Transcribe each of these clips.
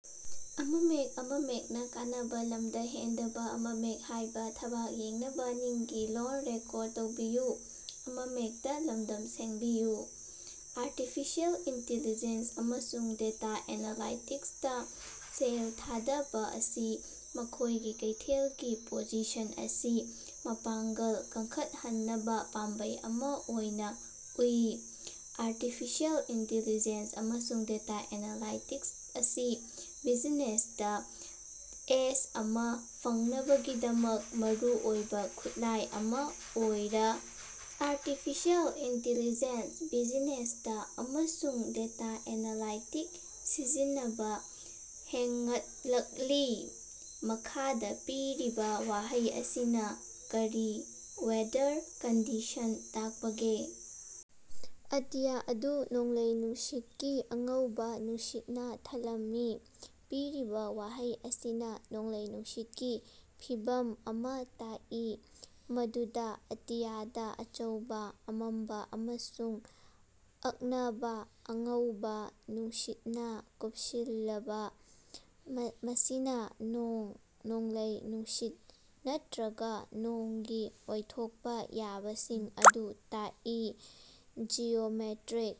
Artificial intelligence ꯑꯃꯁꯨꯡ data ꯑꯦꯅꯂꯥꯏꯇꯤꯛꯁꯇ ꯁꯦꯜ ꯊꯥꯗꯕ ꯑꯁꯤ ꯃꯈꯣꯏꯒꯤ ꯀꯩꯊꯦꯜꯒꯤ ꯄꯣꯖꯤꯁꯟ ꯑꯁꯤ ꯃꯄꯥꯡꯒꯜ ꯀꯟꯈꯠꯍꯟꯅꯕ ꯄꯥꯝꯕꯩ ꯑꯃꯥ ꯑꯣꯏꯅ ꯎꯏ꯫ ꯑꯥꯔꯇꯤꯐꯤꯁꯤꯑꯦꯜ ꯏꯟꯇꯦꯜꯂꯤꯖꯦꯟꯁ ꯑꯃꯁꯨꯡ ꯗꯦꯇꯥ ꯑꯦꯅꯥꯂꯥꯏꯇꯤꯛꯁ ꯑꯁꯤ ꯕꯤꯖꯤꯅꯦꯁꯇ ꯑꯦꯖ ꯑꯃ ꯐꯪꯅꯕꯒꯤꯗꯃꯛ ꯃꯔꯨꯑꯣꯏꯕ ꯈꯨꯠꯂꯥꯏ ꯑꯃꯥ ꯑꯣꯏꯔ꯫ ꯑꯥꯔꯇꯤꯐꯤꯁꯤꯑꯦꯜ ꯏꯟꯇꯦꯜꯂꯤꯖꯦꯟꯁ ꯕꯤꯖꯤꯅꯦꯁꯇ ꯑꯃꯁꯨꯡ ꯗꯦꯇꯥ ꯑꯦꯅꯥꯂꯥꯏꯇꯤꯛꯁ ꯁꯤꯖꯤꯟꯅꯕ ꯍꯦꯟꯒꯠꯂꯛꯂꯤ꯫ ꯃꯈꯥꯗꯥ ꯄꯤꯔꯤꯕ ꯋꯥꯍꯩ ꯑꯁꯤꯅ ꯀꯔꯤ ꯋꯦꯗꯔ ꯀꯟꯗꯤꯁꯟ ꯇꯥꯛꯄꯒꯦ? ꯑꯇꯤꯌꯥ ꯑꯗꯨ ꯅꯣꯡꯂꯩ ꯅꯨꯡꯁꯤꯠꯀꯤ ꯑꯉꯧꯕ ꯅꯨꯡꯁꯤꯠꯅ ꯊꯜꯂꯝꯃꯤ꯫ ꯄꯤꯔꯤꯕ ꯋꯥꯍꯩ ꯑꯁꯤꯅ ꯅꯣꯡꯂꯩ-ꯅꯨꯡꯁꯤꯠꯀꯤ ꯐꯤꯚꯝ ꯑꯃ ꯇꯥꯛꯏ ꯃꯗꯨꯗ ꯑꯇꯤꯌꯥꯗ ꯑꯆꯧꯕ, ꯑꯃꯝꯕ ꯑꯃꯁꯨꯡ ꯑꯛꯅꯕ ꯑꯉꯧꯕ ꯅꯨꯡꯁꯤꯠꯅ ꯀꯨꯞꯁꯤꯜꯂꯕ, ꯃꯁꯤꯅ ꯅꯣꯡ, ꯅꯣꯡꯂꯩ-ꯅꯨꯡꯁꯤꯠ ꯅꯠꯇꯔꯒ ꯅꯣꯡꯒꯤ ꯑꯣꯏꯊꯣꯛꯄ ꯌꯥꯕꯁꯤꯡ ꯑꯗꯨ ꯇꯥꯛꯏ꯫ ꯖꯤꯑꯣꯃꯦꯇꯔꯤꯛ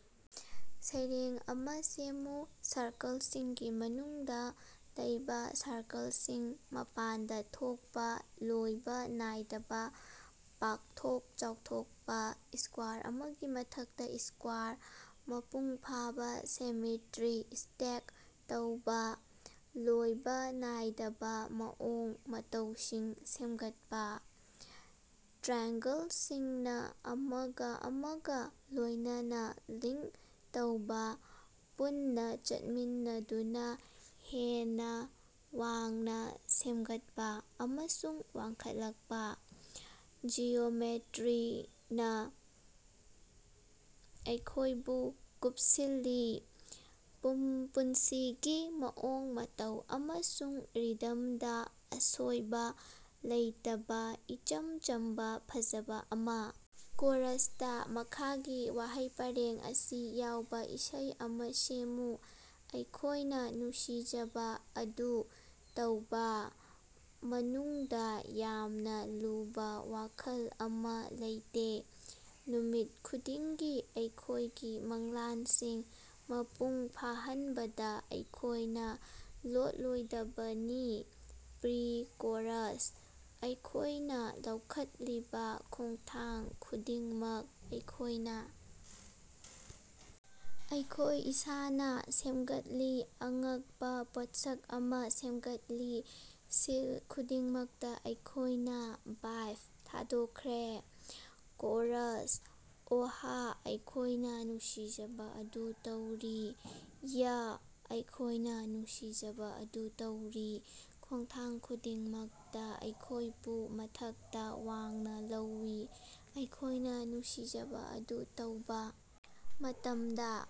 ꯁꯩꯔꯦꯡ ꯑꯃꯥ ꯁꯦꯝꯃꯨ꯫ ꯁꯔꯀꯜꯁꯤꯡꯒꯤ ꯃꯅꯨꯡꯗ ꯂꯩꯕ ꯁꯔꯀꯜꯁꯤꯡ, ꯃꯄꯥꯟꯗ ꯊꯣꯛꯄ, ꯂꯣꯏꯕ ꯅꯥꯏꯗꯅ ꯄꯥꯛꯊꯣꯛ ꯆꯥꯎꯊꯣꯛꯄ꯫ ꯁꯀ꯭ꯋꯥꯔ ꯑꯃꯒꯤ ꯃꯊꯛꯇꯥ ꯁꯀ꯭ꯋꯥꯔ, ꯃꯄꯨꯡ ꯐꯥꯕꯥ ꯁꯤꯃꯦꯇꯔꯤꯗ ꯁ꯭ꯇꯦꯛ ꯇꯧꯕ, ꯂꯣꯏꯕꯥ ꯅꯥꯏꯗꯕ ꯃꯑꯣꯡ ꯃꯇꯧꯁꯤꯡ ꯁꯦꯝꯒꯠꯄꯥ꯫ ꯇ꯭ꯔꯥꯏꯑꯦꯡꯒꯜꯁꯤꯡꯅ ꯑꯃꯒ ꯑꯃꯒ ꯂꯣꯏꯅꯅ ꯂꯤꯡꯛ ꯇꯧꯕ, ꯄꯨꯟꯅ ꯆꯠꯃꯤꯟꯅꯗꯨꯅ, ꯍꯦꯟꯅ ꯋꯥꯡꯅ ꯁꯦꯃꯒꯠꯄ ꯑꯃꯁꯨꯡ ꯋꯥꯡꯈꯠꯂꯛꯄ꯫ ꯖꯤꯑꯣꯃꯦꯇꯔꯤꯅ ꯑꯩꯈꯣꯏꯕꯨ ꯀꯨꯞꯁꯤꯜꯂꯤ, ꯄꯨꯟꯁꯤꯒꯤ ꯃꯑꯣꯡ ꯃꯇꯧ ꯑꯃꯁꯨꯡ ꯔꯤꯗꯝꯗ, ꯑꯁꯣꯏꯕ ꯂꯩꯇꯕ, ꯏꯆꯝ ꯆꯝꯕ ꯐꯖꯕ ꯑꯃ꯫। ꯀꯣꯔꯁꯇ ꯃꯈꯥꯒꯤ ꯋꯥꯍꯩ ꯄꯔꯦꯡ ꯑꯁꯤ ꯌꯥꯎꯕ ꯏꯁꯩ ꯑꯃ ꯁꯦꯝꯃꯨ: "ꯑꯩꯈꯣꯏꯅ ꯅꯨꯡꯁꯤꯖꯕ ꯑꯗꯨ ꯇꯧꯕꯥ! ꯃꯅꯨꯡꯗ ꯌꯥꯝꯅ ꯂꯨꯕ ꯋꯥꯈꯜ ꯑꯃ ꯂꯩꯇꯦ ꯅꯨꯃꯤꯠ ꯈꯨꯗꯤꯡꯒꯤ ꯑꯩꯈꯣꯏꯒꯤ ꯃꯪꯂꯥꯟꯁꯤꯡ ꯃꯄꯨꯡ ꯐꯥꯍꯟꯕꯗ ꯑꯩꯈꯣꯏꯅ ꯂꯣꯠꯂꯣꯏꯗꯕꯅꯤ ꯄ꯭ꯔꯤ-ꯀꯣꯔꯁ: ꯑꯩꯈꯣꯏꯅ ꯂꯧꯈꯠꯂꯤꯕ ꯈꯣꯡꯊꯥꯡ ꯈꯨꯗꯤꯡꯃꯛ ꯑꯩꯈꯣꯏꯅ ꯑꯩꯈꯣꯏ ꯏꯁꯥꯅ ꯁꯦꯝꯒꯠꯂꯤ, ꯑꯉꯛꯄꯥ ꯄꯣꯠꯁꯛ ꯑꯃꯥ ꯁꯦꯝꯒꯠꯂꯤ ꯁꯤꯜ ꯈꯨꯗꯤꯡꯃꯛꯇ ꯑꯩꯈꯣꯏꯅ꯫ 'ꯚꯥ꯭ꯏꯞ ꯊꯥꯗꯣꯛꯈ꯭ꯔꯦ꯫ ꯀꯣꯔꯁ: ꯑꯣꯍ ꯑꯩꯈꯣꯏꯅ ꯅꯨꯡꯁꯤꯖꯕ ꯑꯗꯨ ꯇꯧꯔꯤ, ꯌ꯭ꯍ ꯑꯩꯈꯣꯏꯅ ꯅꯨꯡꯁꯤꯖꯕ ꯑꯗꯨ ꯇꯧꯔꯤ, ꯈꯣꯡꯊꯥꯡ ꯈꯨꯗꯤꯡꯃꯛꯅ ꯑꯩꯈꯣꯏꯕꯨ ꯃꯊꯛꯇ ꯋꯥꯡꯅ ꯂꯧꯏ, ꯑꯩꯈꯣꯏꯅ ꯅꯨꯡꯁꯤꯖꯕ ꯑꯗꯨ ꯇꯧꯕꯥ ꯃꯇꯝꯗ꯫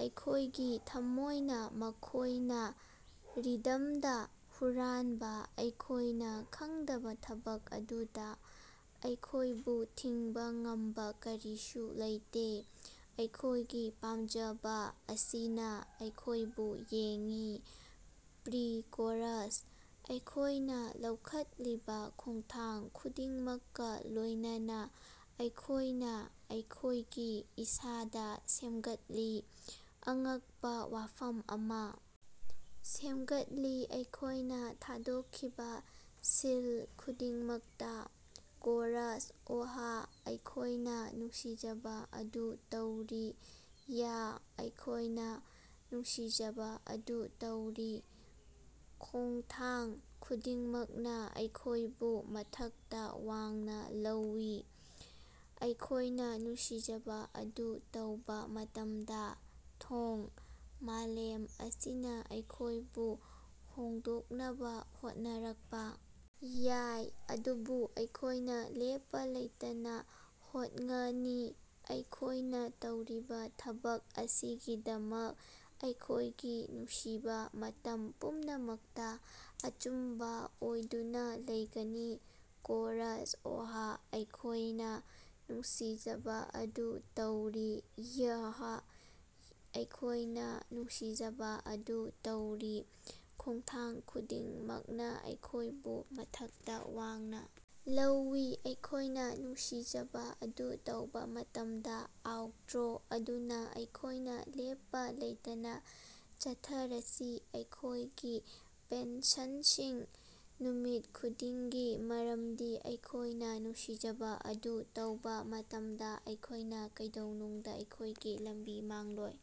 ꯑꯩꯈꯣꯏꯒꯤ ꯊꯝꯃꯣꯏꯅ ꯃꯈꯣꯏꯅ ꯔꯤꯗꯝꯗ ꯍꯨꯔꯥꯟꯕ ꯑꯩꯈꯣꯏꯅ ꯈꯪꯗꯕ ꯊꯕꯛ ꯑꯗꯨꯗ, ꯑꯩꯈꯣꯏꯕꯨ ꯊꯤꯡꯕ ꯉꯝꯕ ꯀꯔꯤꯁꯨ ꯂꯩꯇꯦ, ꯑꯩꯈꯣꯏꯒꯤ ꯄꯥꯝꯖꯕ ꯑꯁꯤꯅ ꯑꯩꯈꯣꯏꯕꯨ ꯌꯦꯡꯏ꯫ ꯄ꯭ꯔꯤ-ꯀꯣꯔꯁ: ꯑꯩꯈꯣꯏꯅ ꯂꯧꯈꯠꯂꯤꯕ ꯈꯣꯡꯊꯥꯡ ꯈꯨꯗꯤꯡꯃꯛꯀ ꯂꯣꯏꯅꯅ, ꯑꯩꯈꯣꯏꯅ ꯑꯩꯈꯣꯏꯒꯤ ꯏꯁꯥꯗ ꯁꯦꯝꯒꯠꯂꯤ, ꯑꯉꯛꯄ ꯋꯥꯐꯝ ꯑꯃ ꯁꯦꯝꯒꯠꯂꯤ, ꯑꯩꯈꯣꯏꯅ ꯊꯥꯗꯣꯛꯈꯤꯕ ꯁꯤꯜ ꯈꯨꯗꯤꯡꯃꯛꯇ꯫ ꯀꯣꯔꯁ: ꯑꯣꯍ ꯑꯩꯈꯣꯏꯅ ꯅꯨꯡꯁꯤꯖꯕ ꯑꯗꯨ ꯇꯧꯔꯤ, ꯌ꯭ꯍ ꯑꯩꯈꯣꯏꯅ ꯅꯨꯡꯁꯤꯖꯕ ꯑꯗꯨ ꯇꯧꯔꯤ, ꯈꯣꯉꯊꯥꯡ ꯈꯨꯗꯤꯡꯃꯛꯅ ꯑꯩꯈꯣꯏꯕꯨ ꯃꯊꯛꯇ ꯋꯥꯡꯅ ꯂꯧꯏ, ꯑꯩꯈꯣꯏꯅ ꯅꯨꯡꯁꯤꯖꯕ ꯑꯗꯨ ꯇꯧꯕ ꯃꯇꯝꯗ꯫ ꯊꯣꯡ: ꯃꯥꯂꯦꯝ ꯑꯁꯤꯅ ꯑꯩꯈꯣꯏꯕꯨ ꯍꯣꯡꯗꯣꯛꯅꯕ ꯍꯣꯠꯅꯔꯛꯄ ꯌꯥꯏ, ꯑꯗꯨꯕꯨ ꯑꯩꯈꯣꯏꯅ ꯂꯦꯞꯄ ꯂꯩꯇꯅ ꯍꯣꯠꯉꯅꯤ, ꯑꯩꯈꯣꯏꯅ ꯇꯧꯔꯤꯕ ꯊꯕꯛ ꯑꯁꯤꯒꯤꯗꯃꯛ ꯑꯩꯈꯣꯏꯒꯤ ꯅꯨꯡꯁꯤꯕ, ꯃꯇꯝ ꯄꯨꯝꯅꯃꯛꯇ ꯑꯆꯨꯝꯕ ꯑꯣꯏꯗꯨꯅ ꯂꯩꯒꯅꯤ꯫ ꯀꯣꯔꯁ: ꯑꯣꯍ ꯑꯩꯈꯣꯏꯅ ꯅꯨꯡꯁꯤꯖꯕ ꯑꯗꯨ ꯇꯧꯔꯤ, ꯌ꯭ꯍ ꯑꯩꯈꯣꯏꯅ ꯅꯨꯡꯁꯤꯖꯕ ꯑꯗꯨ ꯇꯧꯔꯤ, ꯈꯣꯡꯊꯥꯡ ꯈꯨꯗꯤꯡꯃꯛꯅ ꯑꯩꯈꯣꯏꯕꯨ ꯃꯊꯛꯇ ꯋꯥꯡꯅ ꯂꯧꯏ, ꯑꯩꯈꯣꯏꯅ ꯅꯨꯡꯁꯤꯖꯕ ꯑꯗꯨ ꯇꯧꯕ ꯃꯇꯝꯗ꯫ ꯑꯥꯎꯇ꯭ꯔꯣ: ꯑꯗꯨꯅ ꯑꯩꯈꯣꯏꯅꯥ ꯂꯦꯞꯄꯥ ꯂꯩꯇꯅꯥ ꯆꯠꯊꯔꯁꯤ, ꯑꯩꯈꯣꯏꯒꯤ ꯄꯦꯁꯟꯁꯤꯡ ꯅꯨꯃꯤꯠ ꯈꯨꯗꯤꯡꯒꯤ, ꯃꯔꯝꯗꯤ ꯑꯩꯈꯣꯏꯅ ꯅꯨꯡꯁꯤꯖꯕ ꯑꯗꯨ ꯇꯧꯕ ꯃꯇꯝꯗ, ꯑꯩꯈꯣꯏꯅ ꯀꯩꯗꯧꯅꯨꯡꯗ ꯑꯩꯈꯣꯏꯒꯤ ꯂꯝꯕꯤ ꯃꯥꯡꯂꯣꯏ꯫